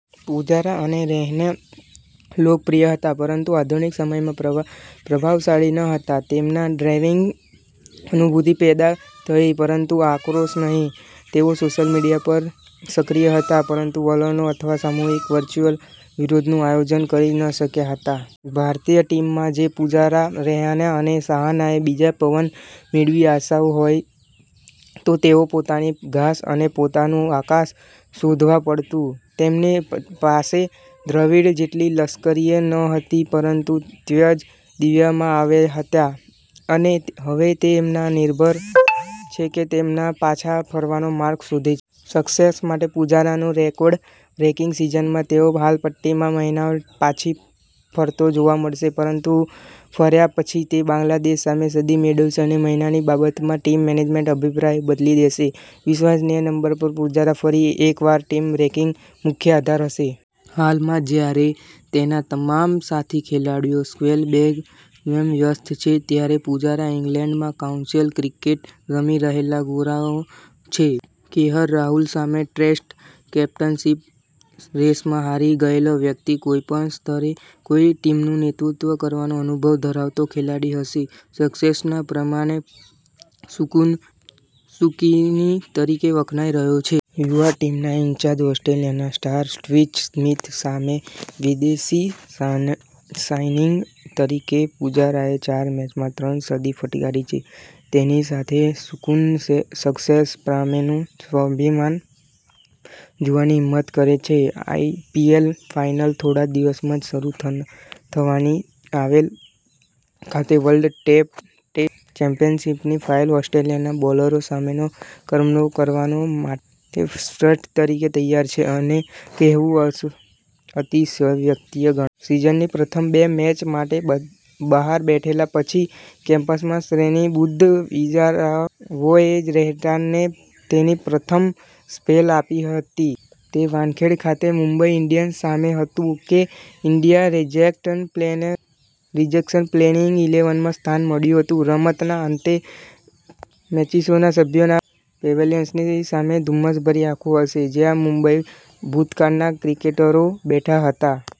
પૂજારા અને રહાણે લોકપ્રિય હતા પરંતુ આધુનિક સમયના પ્રભાવશાળી ન હતા. તેમના ડ્રોપિંગથી સહાનુભૂતિ પેદા થઈ પરંતુ આક્રોશ નહીં. તેઓ સોશિયલ મીડિયા પર સક્રિય હતા પરંતુ વલણો અથવા સામૂહિક વર્ચ્યુઅલ વિરોધનું આયોજન કરી શક્યા ન હતા. ભારતીય ટીમમાંથી, જો પૂજારા, રહાણે અને સાહાને 'બીજો પવન' મળવાની આશા હોય, તો તેઓએ પોતાનું ઘાસ અને પોતાનું આકાશ શોધવું પડશે. તેમની પાસે દ્રવિડ જેવી લક્ઝરી નહોતી. તેઓ ત્યજી દેવામાં આવ્યા હતા અને હવે તે તેમના પર નિર્ભર છે કે તેઓ તેમના પાછા ફરવાનો માર્ગ શોધે છે. સસેક્સ માટે પુજારાની રેકોર્ડ બ્રેકિંગ સિઝનમાં તે તેની હકાલપટ્ટીના મહિનાઓમાં ટીમમાં પાછો ફરતો જોવા મળશે. પરત ફર્યા પછી, તે બાંગ્લાદેશ સામે સદી મેળવશે અને મહિનાની બાબતમાં, ટીમ મેનેજમેન્ટ તેનો અભિપ્રાય બદલી દેશે, વિશ્વસનીય નંબર પર પુજારા ફરી એકવાર ટીમનો બેટિંગનો મુખ્ય આધાર હતો. હાલમાં, જ્યારે તેના તમામ સાથી ખેલાડીઓ સ્લેમ-બેંગ સંસ્કરણમાં વ્યસ્ત છે, ત્યારે પૂજારા ઇંગ્લેન્ડમાં કાઉન્ટી ક્રિકેટ રમી રહેલા ગોરાઓમાં છે. કેએલ રાહુલ સામે ટેસ્ટ કેપ્ટનશીપની રેસમાં હારી ગયેલો વ્યક્તિ, કોઈપણ સ્તરે કોઈ ટીમનું નેતૃત્વ કરવાનો અનુભવ ધરાવતો ખેલાડી, હવે સસેક્સના પ્રેરણાત્મક સુકાની તરીકે વખણાઈ રહ્યો છે. યુવા ટીમના ઈન્ચાર્જ, ઓસ્ટ્રેલિયાના સ્ટાર સ્ટીવ સ્મિથ સાથે વિદેશી સાઈનિંગ તરીકે પુજારાએ ચાર મેચમાં ત્રણ સદી ફટકારી છે. તેની સાથે સુકાન, સસેક્સ પ્રમોશનનું સ્વપ્ન જોવાની હિંમત કરે છે. આઇપીએલ ફાઇનલના થોડા દિવસોમાં જ શરૂ થનારી ઓવલ ખાતે વર્લ્ડ ટેસ્ટ ચેમ્પિયનશિપની ફાઇનલમાં ઓસ્ટ્રેલિયાના બોલરોનો સામનો કરવા માટે તે શ્રેષ્ઠ રીતે તૈયાર છે એમ કહેવું અતિશયોક્તિ નહીં ગણાય. સીઝનની પ્રથમ બે મેચો માટે બહાર બેઠા પછી, કેમ્પમાં શ્રેણીબદ્ધ ઇજાઓએ રહાણેને તેની પ્રથમ પ્લેય આપી હતી. તે વાનખેડે ખાતે મુંબઈ ઈન્ડિયન્સ સામે હતું કે ઈન્ડિયા રિજેક્ટને પ્લેઈંગ ઈલેવનમાં સ્થાન મળ્યું હતું. રમતના અંતે, એમસીએના સભ્યોના પેવેલિયનમાં થોડી ધુમ્મસભરી આંખો હશે, જ્યાં મુંબઈના ભૂતકાળના ક્રિકેટરો બેઠા હતા.